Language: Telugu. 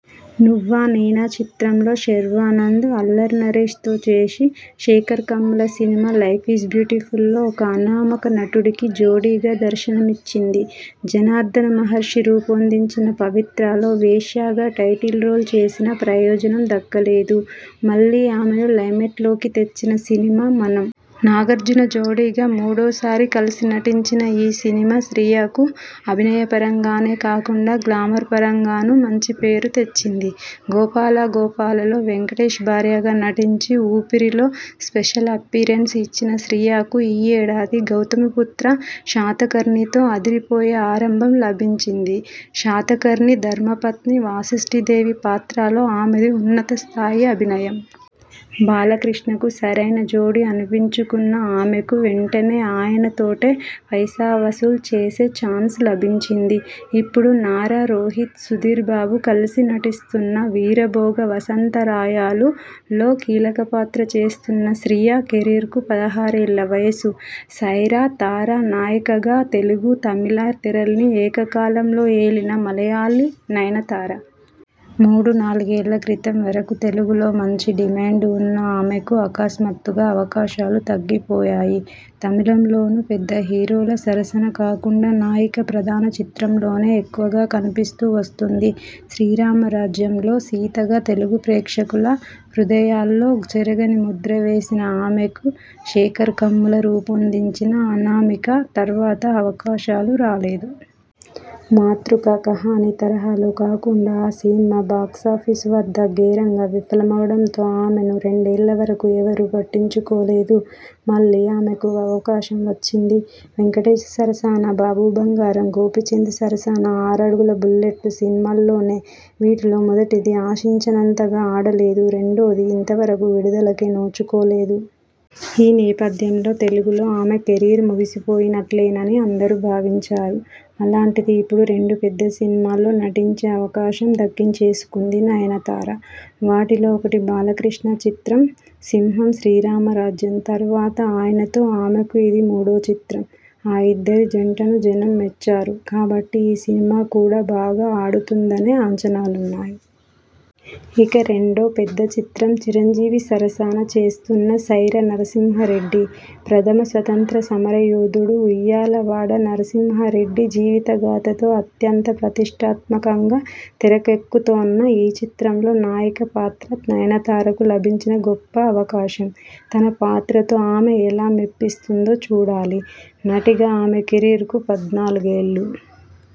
'నువ్వా నేనా' చిత్రంలో శర్వానంద్, అల్లరి నరేశ్తో చేసి, Sekhar Kammula cinema 'life is బ్యూటిఫుల్'లో ఒక అనామక నటుడికి జోడీగా దర్శనమిచ్చింది. జనార్దన మహర్షి రూపొందించిన 'పవిత్ర'లో వేశ్యగా టైటిల్ రోల్ చేసినా ప్రయోజనం దక్కలేదు. మళ్లీ ఆమెను లైమ్లైట్లోకి తెచ్చిన సినిమా 'మనం'. నాగార్జున జోడీగా మూడోసారి కలిసి నటించిన ఈ సినిమా శ్రియకు అభినయపరంగానే కాకుండా గ్లామర్ పరంగానూ మంచి పేరు తెచ్చింది. 'గోపాల గోపాల'లో వెంకటేశ్ భార్యగా నటించి, 'ఊపిరి'లో స్పెషల్ అప్పీరెన్స్ ఇచ్చిన శ్రియకు ఈ ఏడాది 'గౌతమిపుత్ర శాతకర్ణి'తో అదిరిపోయే ఆరంభం లభించింది. శాతకర్ణి ధర్మపత్ని వాశిష్టీదేవి పాత్రలో ఆమెది ఉన్నత స్థాయి అభినయం. బాలకృష్ణకు సరైన జోడీ అనిపించుకున్న ఆమెకు వెంటనే ఆయనతోటే 'పైసా వసూల్' చేసే ఛాన్స్ లభించింది. ఇప్పుడు నారా రోహిత్, సుధీర్బాబు కలిసి నటిస్తున్న 'వీరభోగ వసంతరాయలు'లో కీలక పాత్ర చేస్తోన్న శ్రియ కెరీర్కు పదహారేళ్ల వయసు. 'సైరా' తార! నాయికగా తెలుగు, తమిళ తెరల్ని ఏక కాలంలో ఏలిన మలయాళీ నయనతార. మూడు నాలుగేళ్ల క్రితం వరకూ తెలుగులో మంచి డిమాండ్ ఉన్న ఆమెకు అకస్మాత్తుగా అవకాశాలు తగ్గిపోయాయి. తమిళంలోనూ పెద్ద హీరోల సరసన కాకుండా నాయిక ప్రధాన చిత్రాల్లోనే ఎక్కువగా కనిపిస్తూ వస్తోంది. 'శ్రీరామరాజ్యం' లో సీతగా తెలుగు ప్రేక్షకుల హృదయాల్లో చెరగని ముద్ర వేసిన ఆమెకు శేఖర్ కమ్ముల రూపొందించిన 'అనామిక' తర్వాత అవకాశాలు రాలేదు. మాతృక 'కహాని' తరహాలో కాకుండా ఆ సినిమా బాక్సాఫీస్ వద్ద ఘోరంగా విఫలమవడంతో ఆమెను రెండేళ్ల వరకూ ఎవరూ పట్టించుకోలేదు. మళ్లీ ఆమెకు అవకాశం వచ్చింది వెంకటేశ్ సరసన 'బాబు బంగారం', గోపీచంద్ సరసన 'ఆరడుగుల బుల్లెట్' సినిమాల్లోనే. వీటిలో మొదటిది ఆశించినంతగా ఆడలేదు. రెండోది ఇంతవరకూ విడుదలకే నోచుకోలేదు. ఈ నేపథ్యంలో తెలుగులో ఆమె కెరీర్ ముగిసిపోయినట్లేనని అందరూ భావించారు. అలాంటిది ఇప్పుడు రెండు పెద్ద సినిమాల్లో నటించే అవకాశం దక్కించేసుకుంది నయనతార. వాటిలో ఒకటి బాలకృష్ణ చిత్రం. 'సింహా', 'శ్రీరామరాజ్యం' తర్వాత ఆయనతో ఆమెకు ఇది మూడో చిత్రం. ఆ ఇద్దరి జంటను జనం మెచ్చారు కాబట్టి ఈ సినిమా కూడా బాగా ఆడుతుందనే అంచనాలున్నాయి. ఇక రెండో పెద్ద చిత్రం చిరంజీవి సరసన చేస్తోన్న 'సైరా నరసింహారెడ్డి'. ప్రథమ స్వాతంత్య్ర సమరయోధుడు ఉయ్యాలవాడ నరసింహారెడ్డి జీవితగాథతో అత్యంత ప్రతిష్ఠాత్మకంగా తెరకెక్కుతోన్న ఈ చిత్రంలో నాయిక పాత్ర నయనతారకు లభించిన గొప్ప అవకాశం. తన పాత్రతో ఆమె ఎలా మెప్పిస్తుందో చూడాలి. నటిగా ఆమె కెరీర్కు పద్నాలుగేళ్లు.